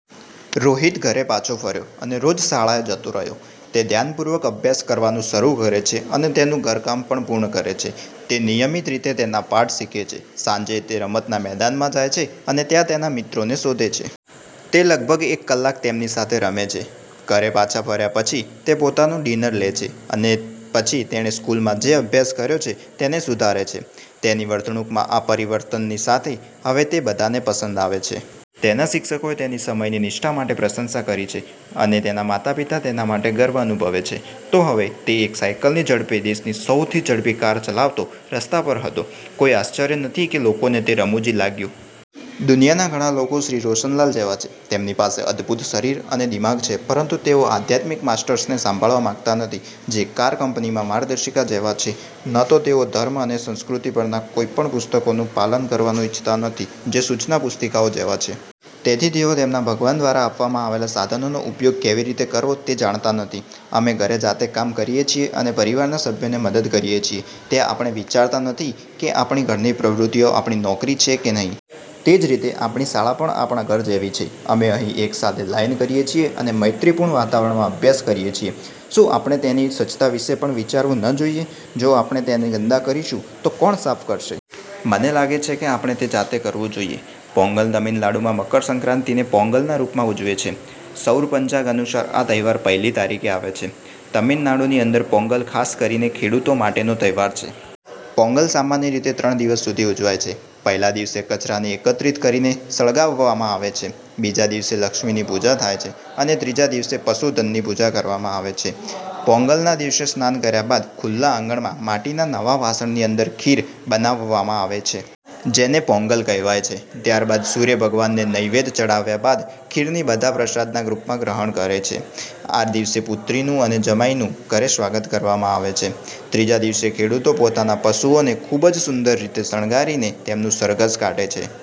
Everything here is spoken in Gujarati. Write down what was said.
રોહિત ઘરે પાછો ફર્યો અને રોજ શાળાએ જતો રહ્યો. તે ધ્યાનપૂર્વક અભ્યાસ કરવાનું શરૂ કરે છે અને તેનું ઘરકામ પણ પૂર્ણ કરે છે. તે નિયમિત રીતે તેના પાઠ શીખે છે. સાંજે, તે રમતના મેદાનમાં જાય છે અને ત્યાં તેના મિત્રોને શોધે છે. તે લગભગ એક કલાક તેમની સાથે રમે છે. ઘરે પાછા ફર્યા પછી, તે તેમનું ડિનર લે છે અને પછી તેણે સ્કૂલમાં જે અભ્યાસ કર્યો છે તેને સુધારે છે. તેની વર્તણૂકમાં આ પરિવર્તનની સાથે, હવે તે બધાને પસંદ આવે છે. તેના શિક્ષકોએ તેની સમયની નિષ્ઠા માટે પ્રશંસા કરી છે અને તેના માતાપિતા તેના માટે ગર્વ અનુભવે છે. તો હવે, તે એક સાયકલની ઝડપે દેશની સૌથી ઝડપી કાર ચલાવતો, રસ્તા પર હતો! કોઈ આશ્ચર્ય નથી કે લોકોને તે રમુજી લાગ્યું. દુનિયાના ઘણા લોકો શ્રી રોશનલાલ જેવા છે. તેમની પાસે અદ્ભુત શરીર અને દિમાગ છે પરંતુ તેઓ આધ્યાત્મિક માસ્ટર્સને સાંભળવા માંગતા નથી જે કાર કંપનીમાં માર્ગદર્શિકા જેવા છે. ન તો તેઓ ધર્મ અને સંસ્કૃતિ પરના કોઈપણ પુસ્તકોનું પાલન કરવાનું ઇચ્છતા નથી જે સૂચના પુસ્તિકાઓ જેવા છે. તેથી તેઓ તેમના ભગવાન દ્વારા આપવામાં આવેલા સાધનોનો ઉપયોગ કેવી રીતે કરવો તે જાણતા નથી. અમે ઘરે જાતે કામ કરીએ છીએ અને પરિવારના સભ્યોને મદદ કરીએ છીએ. ત્યાં આપણે વિચારતા નથી કે આપણી ઘરની પ્રવૃત્તિઓ આપણી નોકરી છે કે નહીં. તે જ રીતે, આપણી શાળા પણ આપણા ઘર જેવી છે. અમે અહીં એક સાથે લાઇન કરીએ છીએ અને મૈત્રીપૂર્ણ વાતાવરણમાં અભ્યાસ કરીએ છીએ. શું આપણે તેની સ્વચ્છતા વિશે પણ વિચારવું ન જોઈએ? જો આપણે તેને ગંદા કરીશું, તો કોણ સાફ કરશે? મને લાગે છે કે આપણે તે જાતે કરવું જોઈએ. પોંગલ તમિલનાડુમાં મકરસંક્રાતિને પોંગલના રૂપમાં ઉજવે છે. સૌર પંચાગ અનુસાર આ તહેવાર પહેલી તારીખે આવે છે. તમિલનાડુની અંદર પોંગલ ખાસ કરીને ખેડુતો માટેનો તહેવાર છે. પોંગલ સામાન્ય રીતે ત્રણ દિવસ સુધી ઉજવાય છે. પહેલા દિવસે કચરાને એકત્રિત કરીને સળગાવવામાં આવે છે બીજા દિવસે લક્ષ્મીની પૂજા થાય છે અને ત્રીજા દિવસે પશુ ધનની પૂજા કરવામાં આવે છે. પોંગલના દિવસે સ્નાન કર્યા બાદ ખુલ્લા આંગણમાં માટીના નવા વાસણની અંદર ખીર બનાવવામાં આવે છે. જેને પોંગલ કહેવાય છે. ત્યાર બાદ સૂર્ય ભગવાનને નૈવેધ ચડાવ્યા બાદ ખીરને બધા પ્રસાદનાં રૂપમાં ગ્રહણ કરે છે. આ દિવસે પુત્રીનું અને જમાઈનું ઘરે સ્વાગત કરવામાં આવે છે. ત્રીજા દિવસે ખેડુતો પોતાના પશુઓને ખુબ જ સુંદર રીતે શણગારીને તેમનું સરઘસ કાઢે છે.